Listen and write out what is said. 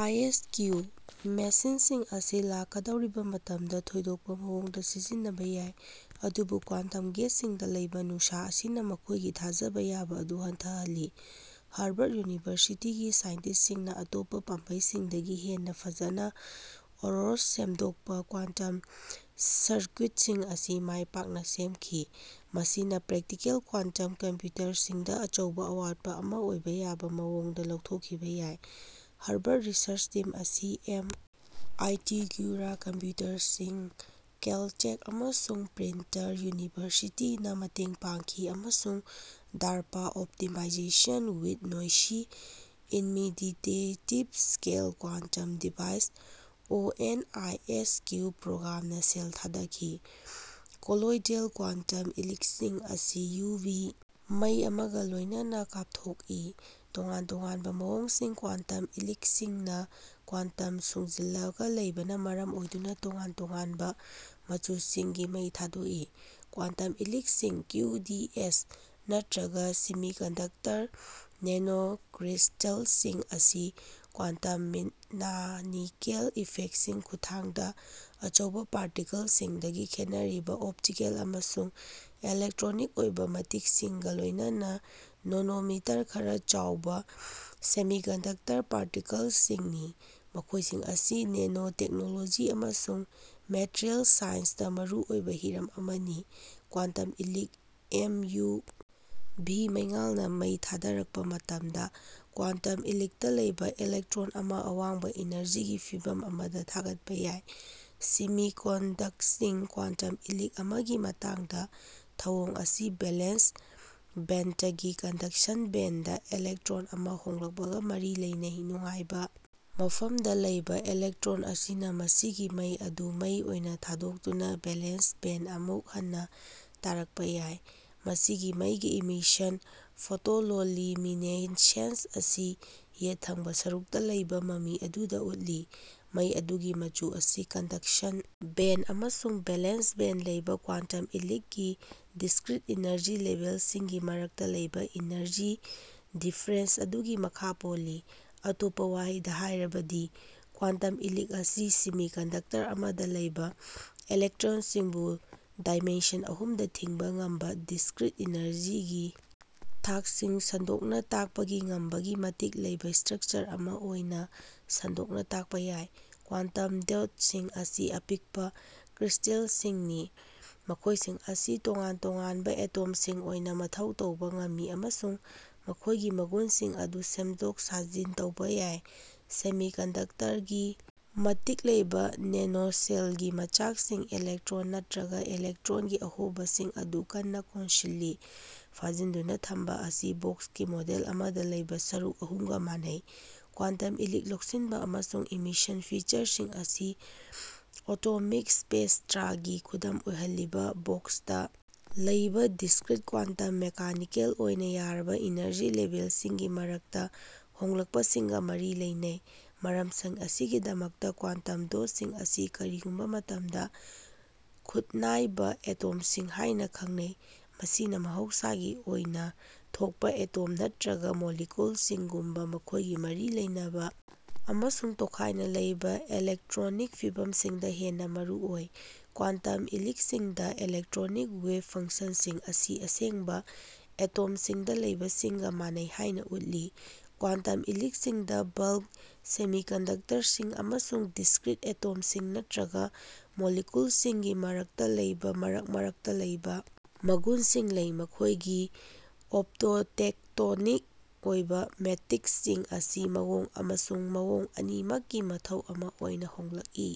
(ꯑꯥꯏ. S. Q) ꯃꯦꯁꯤꯟꯁꯤꯡ ꯑꯁꯤ ꯂꯥꯛꯀꯗꯧꯔꯤꯕ ꯃꯇꯝꯗ ꯊꯣꯏꯗꯣꯛꯄ ꯃꯑꯣꯡꯗ ꯁꯤꯖꯤꯟꯅꯕ ꯌꯥꯏ, ꯑꯗꯨꯕꯨ ꯀ꯭ꯋꯥꯟꯇꯝ ꯒꯦꯠꯁꯤꯡꯗ ꯂꯩꯕ ꯅꯨꯡꯁꯥ ꯑꯁꯤꯅ ꯃꯈꯣꯏꯒꯤ ꯊꯥꯖꯕ ꯌꯥꯕ ꯑꯗꯨ ꯍꯟꯊꯍꯜꯂꯤ꯫ꯍꯔꯕꯔ꯭ꯗ ꯌꯨꯅꯤꯚꯔꯁꯤꯇꯤꯒꯤ ꯁꯥꯏꯟꯇꯤꯁꯁꯤꯡꯅ ꯑꯇꯣꯞꯄ ꯄꯥꯝꯕꯩꯁꯤꯡꯗꯒꯤ ꯍꯦꯟꯅ ꯐꯖꯅ ꯑꯔꯣꯔꯁ ꯁꯦꯝꯗꯣꯛꯄ "ꯀ꯭ꯋꯥꯟꯇꯝ ꯁꯔꯀ꯭ꯌꯨꯠꯁꯤꯡ" ꯑꯁꯤ ꯃꯥꯏ ꯄꯥꯛꯅ ꯁꯦꯝꯈꯤ, ꯃꯁꯤꯅ ꯄ꯭ꯔꯦꯛꯇꯤꯀꯦꯜ ꯀ꯭ꯋꯥꯟꯠꯝ ꯀꯝꯄ꯭ꯌꯨꯇꯔꯁꯤꯡꯗ ꯑꯆꯧꯕ ꯑꯋꯥꯠꯄ ꯑꯃ ꯑꯣꯏꯕ ꯌꯥꯕ ꯃꯑꯣꯡꯗ ꯂꯧꯊꯣꯛꯈꯤꯕ ꯌꯥꯏ꯫ ꯍꯔꯕꯔ꯭ꯗ ꯔꯤꯁꯔ꯭ꯆ ꯇꯤꯝ ꯑꯁꯤ M. I. T., QuEra computing, Caltech, ꯑꯃꯁꯨꯡ ꯄ꯭ꯔꯤꯟꯁꯇꯟ ꯌꯨꯅꯤꯚꯔꯁꯤꯇꯤꯅ ꯃꯇꯦꯡ ꯄꯥꯡꯈꯤ ꯑꯃꯁꯨꯡ DARPA optimization with noisy intermediate scale quantum devices (O. N. I. S. Q) program ꯅ ꯁꯦꯜ ꯊꯥꯗꯈꯤ꯫ ꯀꯣꯂꯣꯏꯗꯦꯜ ꯀ꯭ꯋꯥꯟꯇꯝ ꯏꯂꯤꯛꯁꯤꯡ ꯑꯁꯤ ꯌꯨ. ꯚꯤ. ꯃꯩ ꯑꯃꯒ ꯂꯣꯏꯅꯅ ꯀꯥꯞꯊꯣꯛꯏ꯫ ꯇꯣꯉꯥꯟ-ꯇꯣꯉꯥꯟꯕ ꯃꯑꯣꯡꯒꯤ ꯀ꯭ꯋꯥꯟꯇꯝ ꯏꯂꯤꯛꯁꯤꯡꯅ ꯀ꯭ꯋꯥꯟꯇꯝ ꯁꯨꯡꯖꯤꯟꯂꯒ ꯂꯩꯕꯅ ꯃꯔꯝ ꯑꯣꯏꯗꯨꯅ ꯇꯣꯉꯥꯟ-ꯇꯣꯉꯥꯟꯕ ꯃꯆꯨꯁꯤꯡꯒꯤ ꯃꯩ ꯊꯥꯗꯣꯛꯏ꯫ ꯀ꯭ꯋꯥꯟꯇꯝ ꯏꯂꯤꯛꯁꯤꯡ (ꯀ꯭ꯌꯨ. ꯗꯤ. ꯑꯦꯁ.) ꯅꯠꯇ꯭ꯔꯒ ꯁꯦꯃꯤꯀꯟꯗꯛꯇꯔ ꯅꯦꯅꯣꯀ꯭ꯔꯤꯁꯇꯜꯁꯤꯡ ꯑꯁꯤ ꯀ꯭ꯋꯥꯟꯇꯝ ꯃꯦꯀꯥꯅꯤꯀꯦꯜ ꯏꯐꯦꯛꯁꯤꯡ ꯈꯨꯠꯊꯥꯡꯗ ꯑꯆꯧꯕ ꯄꯥꯔꯇꯤꯀꯜꯁꯤꯡꯗꯒꯤ ꯈꯦꯠꯅꯔꯤꯕ ꯑꯣꯞꯇꯤꯀꯦꯜ ꯑꯃꯁꯨꯡ ꯏꯂꯦꯛꯇ꯭ꯔꯣꯅꯤꯛ ꯑꯣꯏꯕ ꯃꯇꯤꯛꯁꯤꯡꯒ ꯂꯣꯏꯅꯅ ꯅꯦꯅꯣꯃꯤꯇꯔ ꯈꯔ ꯆꯥꯎꯕ ꯁꯦꯃꯤꯀꯟꯗꯛꯇꯔ ꯄꯥꯔꯇꯤꯀꯜꯁꯤꯡꯅꯤ꯫ ꯃꯈꯣꯏꯁꯤꯡ ꯑꯁꯤ ꯅꯦꯅꯣ ꯇꯦꯛꯅꯣꯂꯣꯖꯤ ꯑꯃꯁꯨꯡ ꯃꯦꯇ꯭ꯔꯤꯌꯦꯜꯁ ꯁꯥꯏꯟ꯭ꯁꯇ ꯃꯔꯨ ꯑꯣꯏꯕ ꯍꯤꯔꯝ ꯑꯃꯅꯤ꯫ ꯀ꯭ꯋꯥꯟꯇꯝ ꯏꯂꯤꯛ ꯑꯃ ꯌꯨ. ꯚꯤ. ꯃꯩꯉꯥꯜꯅ ꯃꯩ ꯊꯥꯔꯛꯄ ꯃꯇꯝꯗ, ꯀ꯭ꯋꯥꯟꯇꯝ ꯏꯂꯤꯛꯇ ꯂꯩꯕ ꯏꯂꯦꯛꯇ꯭ꯔꯣꯟ ꯑꯃ ꯑꯋꯥꯡꯕ ꯏꯅꯔꯖꯤꯒꯤ ꯐꯤꯚꯝ ꯑꯃꯗ ꯊꯥꯒꯠꯄ ꯌꯥꯏ꯫ ꯁꯦꯃꯤꯀꯣꯟꯗꯛꯇꯤꯡ ꯀ꯭ꯋꯥꯟꯇꯝ ꯏꯂꯤꯛ ꯑꯃꯒꯤ ꯃꯇꯥꯡꯗ, ꯊꯧꯑꯣꯡ ꯑꯁꯤ ꯚꯦꯂꯦꯟꯁ ꯕꯦꯟꯗꯇꯒꯤ ꯀꯟꯗꯛꯁꯟ ꯕꯦꯟꯗꯗ ꯏꯂꯦꯛꯇ꯭ꯔꯣꯟ ꯑꯃ ꯍꯣꯡꯂꯛꯄꯒ ꯃꯔꯤ ꯂꯩꯅꯩ꯫ ꯅꯨꯉꯥꯏꯕ ꯃꯐꯝꯗ ꯂꯩꯕ ꯏꯂꯦꯛꯇ꯭ꯔꯣꯟ ꯑꯁꯤꯅ ꯃꯁꯤꯒꯤ ꯃꯩ ꯑꯗꯨ ꯃꯩ ꯑꯣꯏꯅ ꯊꯥꯗꯣꯛꯇꯨꯅ ꯚꯦꯂꯦꯟꯁ ꯕꯦꯟꯗ ꯑꯃꯨꯛ ꯍꯟꯅ ꯇꯥꯔꯛꯄ ꯌꯥꯏ꯫ ꯃꯁꯤꯒꯤ ꯃꯩꯒꯤ ꯏꯃꯤꯁꯟ (ꯐꯣꯇꯣꯂꯣꯂꯤꯃꯤꯅꯦꯁꯦꯟꯁ) ꯑꯁꯤ ꯌꯦꯠ ꯊꯪꯕ ꯁꯔꯨꯛꯇ ꯂꯩꯕ ꯃꯃꯤ ꯑꯗꯨꯗ ꯎꯠꯂꯤ꯫ ꯃꯩ ꯑꯗꯨꯒꯤ ꯃꯆꯨ ꯑꯁꯤ ꯀꯟꯗꯛꯁꯟ ꯕꯦꯟꯗ ꯑꯃꯁꯨꯡ ꯚꯦꯂꯦꯟꯁ ꯕꯦꯟꯗ ꯂꯩꯕ ꯀ꯭ꯋꯥꯟꯇꯝ ꯏꯂꯤꯛꯀꯤ ꯗꯤꯁ꯭ꯀ꯭ꯔꯤꯠ ꯏꯅꯔꯖꯤ ꯂꯦꯕꯦꯜꯁꯤꯡꯒꯤ ꯃꯔꯛꯇ ꯂꯩꯕ ꯏꯅꯔꯖꯤ ꯗꯤꯐꯔꯦꯟꯁ ꯑꯗꯨꯒꯤ ꯃꯈꯥ ꯄꯣꯜꯂꯤ꯫ ꯑꯇꯣꯞꯄ ꯋꯥꯍꯩꯗ ꯍꯥꯏꯔꯕꯗꯤ, ꯀ꯭ꯋꯥꯟꯇꯝ ꯏꯂꯤꯛ ꯑꯁꯤ ꯁꯦꯃꯤꯀꯟꯗꯛꯇꯔ ꯑꯃꯗ ꯂꯩꯕ ꯏꯂꯦꯛꯇ꯭ꯔꯣꯟꯁꯤꯡꯕꯨ ꯗꯥꯏꯃꯦꯟꯁꯟ ꯑꯍꯨꯝꯗ ꯊꯤꯡꯕ ꯉꯝꯕ, ꯗꯤꯁꯀ꯭ꯔꯤꯠ ꯏꯅꯔꯖꯤꯒꯤ ꯊꯥꯛꯁꯤꯡ ꯁꯟꯗꯣꯛꯅ ꯇꯥꯛꯄꯒꯤ ꯉꯝꯕꯒꯤ ꯃꯇꯤꯛ ꯂꯩꯕ ꯁꯇ꯭ꯔꯛꯆꯔ ꯑꯃ ꯑꯣꯏꯅ ꯁꯟꯗꯣꯛꯅ ꯇꯥꯛꯄ ꯌꯥꯏ꯫ ꯀ꯭ꯋꯥꯟꯇꯝ ꯗꯣꯠꯁꯤꯡ ꯑꯁꯤ ꯑꯄꯤꯛꯄ ꯀ꯭ꯔꯤꯁꯇꯦꯜꯁꯤꯡꯅꯤ, ꯃꯈꯣꯏꯁꯤꯡ ꯑꯁꯤꯅ ꯇꯣꯉꯥꯟ-ꯇꯣꯉꯥꯟꯕ ꯑꯦꯇꯣꯝꯁꯤꯡ ꯑꯣꯏꯅ ꯃꯊꯧ ꯇꯧꯕ ꯉꯝꯃꯤ, ꯑꯃꯁꯨꯡ ꯃꯈꯣꯏꯒꯤ ꯃꯒꯨꯟꯁꯤꯡ ꯑꯗꯨ ꯁꯦꯝꯗꯣꯛ-ꯁꯥꯖꯤꯟ ꯇꯧꯕ ꯌꯥꯏ꯫ ꯁꯦꯃꯤꯀꯟꯗꯛꯇꯔꯒꯤ ꯃꯇꯤꯛ ꯂꯩꯕ ꯅꯦꯅꯣꯁ꯭ꯀꯦꯜꯒꯤ ꯃꯆꯥꯛꯁꯤꯡ ꯏꯂꯦꯛꯇ꯭ꯔꯣꯟ ꯅꯠꯇ꯭ꯔꯒ ꯏꯂꯦꯛꯇ꯭ꯔꯣꯟꯒꯤ ꯑꯍꯣꯕꯁꯤꯡ ꯑꯗꯨ ꯀꯟꯅ ꯀꯣꯟꯁꯤꯜꯂꯤ꯫ ꯐꯥꯖꯤꯟꯗꯨꯅ ꯊꯝꯕ ꯑꯁꯤ ꯕꯣꯛꯁꯀꯤ ꯃꯣꯗꯦꯜ ꯑꯃꯗ ꯂꯩꯕ ꯁꯔꯨꯛ ꯑꯍꯨꯝꯒ ꯃꯥꯟꯅꯩ꯫ ꯀ꯭ꯋꯥꯟꯇꯝ ꯏꯂꯤꯛ ꯂꯧꯁꯤꯟꯕ ꯑꯃꯁꯨꯡ ꯏꯃꯤꯁꯟ ꯐꯤꯆꯔꯁꯤꯡ ꯑꯁꯤ ꯑꯦꯇꯣꯃꯤꯛ ꯁ꯭ꯄꯦꯛꯇ꯭ꯔꯥꯒꯤ ꯈꯨꯗꯝ ꯑꯣꯏꯍꯜꯂꯤꯕ ꯕꯣꯛꯁꯇ ꯂꯩꯕ ꯗꯤꯁꯀ꯭ꯔꯤꯠ ꯀ꯭ꯋꯥꯟꯇꯝ ꯃꯦꯀꯥꯅꯤꯀꯦꯜ ꯑꯣꯏꯅ ꯌꯥꯔꯕ ꯏꯅꯔꯖꯤ ꯂꯦꯕꯦꯜꯁꯤꯡꯒꯤ ꯃꯔꯛꯇ ꯍꯣꯡꯂꯛꯄꯁꯤꯡꯒ ꯃꯔꯤ ꯂꯩꯅꯩ꯫ ꯃꯔꯝꯁꯤꯡ ꯑꯁꯤꯒꯤꯗꯃꯛꯇ, ꯀ꯭ꯋꯥꯟꯇꯝ ꯗꯣꯠꯁꯤꯡ ꯑꯁꯤ ꯀꯔꯤꯒꯨꯝꯕ ꯃꯇꯝꯗ ꯈꯨꯠꯅꯥꯏꯕ ꯑꯦꯇꯣꯝꯁꯤꯡ ꯍꯥꯏꯅ ꯈꯪꯅꯩ, ꯃꯁꯤꯅ ꯃꯍꯧꯁꯥꯒꯤ ꯑꯣꯏꯅ ꯊꯣꯛꯄ ꯑꯦꯇꯣꯝ ꯅꯠꯇ꯭ꯔꯒ ꯃꯣꯂꯤꯀꯨꯜꯁꯤꯡꯒꯨꯝꯕ ꯃꯈꯣꯏꯒꯤ ꯃꯔꯤ ꯂꯩꯅꯕ ꯑꯃꯁꯨꯡ ꯇꯣꯈꯥꯏꯅ ꯂꯩꯕ ꯏꯂꯦꯛꯇ꯭ꯔꯣꯅꯤꯛ ꯐꯤꯚꯝꯁꯤꯡꯗ ꯍꯦꯟꯅ ꯃꯔꯨ ꯑꯣꯏ꯫ ꯀ꯭ꯋꯥꯟꯇꯝ ꯏꯂꯤꯛꯁꯤꯡꯗ ꯏꯂꯦꯛꯇ꯭ꯔꯣꯅꯤꯛ ꯋꯦꯕ ꯐꯡꯁꯟꯁꯤꯡ ꯑꯁꯤ ꯑꯁꯦꯡꯕ ꯑꯦꯇꯣꯝꯁꯤꯡꯗ ꯂꯩꯕꯁꯤꯡꯒ ꯃꯥꯟꯅꯩ ꯍꯥꯏꯅ ꯎꯠꯈꯤ꯫ ꯀ꯭ꯋꯥꯟꯇꯝ ꯏꯂꯤꯛꯁꯤꯡꯗ ꯕꯜꯛ ꯁꯦꯃꯤꯀꯟꯗꯛꯇꯔꯁꯤꯡ ꯑꯃꯁꯨꯡ ꯗꯤꯁ꯭ꯀ꯭ꯔꯤꯠ ꯑꯦꯇꯣꯝꯁꯤꯡ ꯅꯠꯇ꯭ꯔꯒ ꯃꯣꯂꯤꯀꯨꯜꯁꯤꯡꯒꯤ ꯃꯔꯛꯇ ꯂꯩꯕ ꯃꯔꯛ-ꯃꯔꯛꯇ ꯂꯩꯕ ꯃꯒꯨꯟꯁꯤꯡ ꯂꯩ꯫ ꯃꯈꯣꯏꯒꯤ ꯑꯣꯞꯇꯣꯂꯦꯛꯇ꯭ꯔꯣꯅꯤꯛ ꯑꯣꯏꯕ ꯃꯇꯤꯛꯁꯤꯡ ꯑꯁꯤ ꯃꯑꯣꯡ ꯑꯃꯁꯨꯡ ꯃꯑꯣꯡ ꯑꯅꯤꯃꯛꯀꯤ ꯃꯊꯧ ꯑꯃ ꯑꯣꯏꯅ ꯍꯣꯡꯂꯛꯏ꯫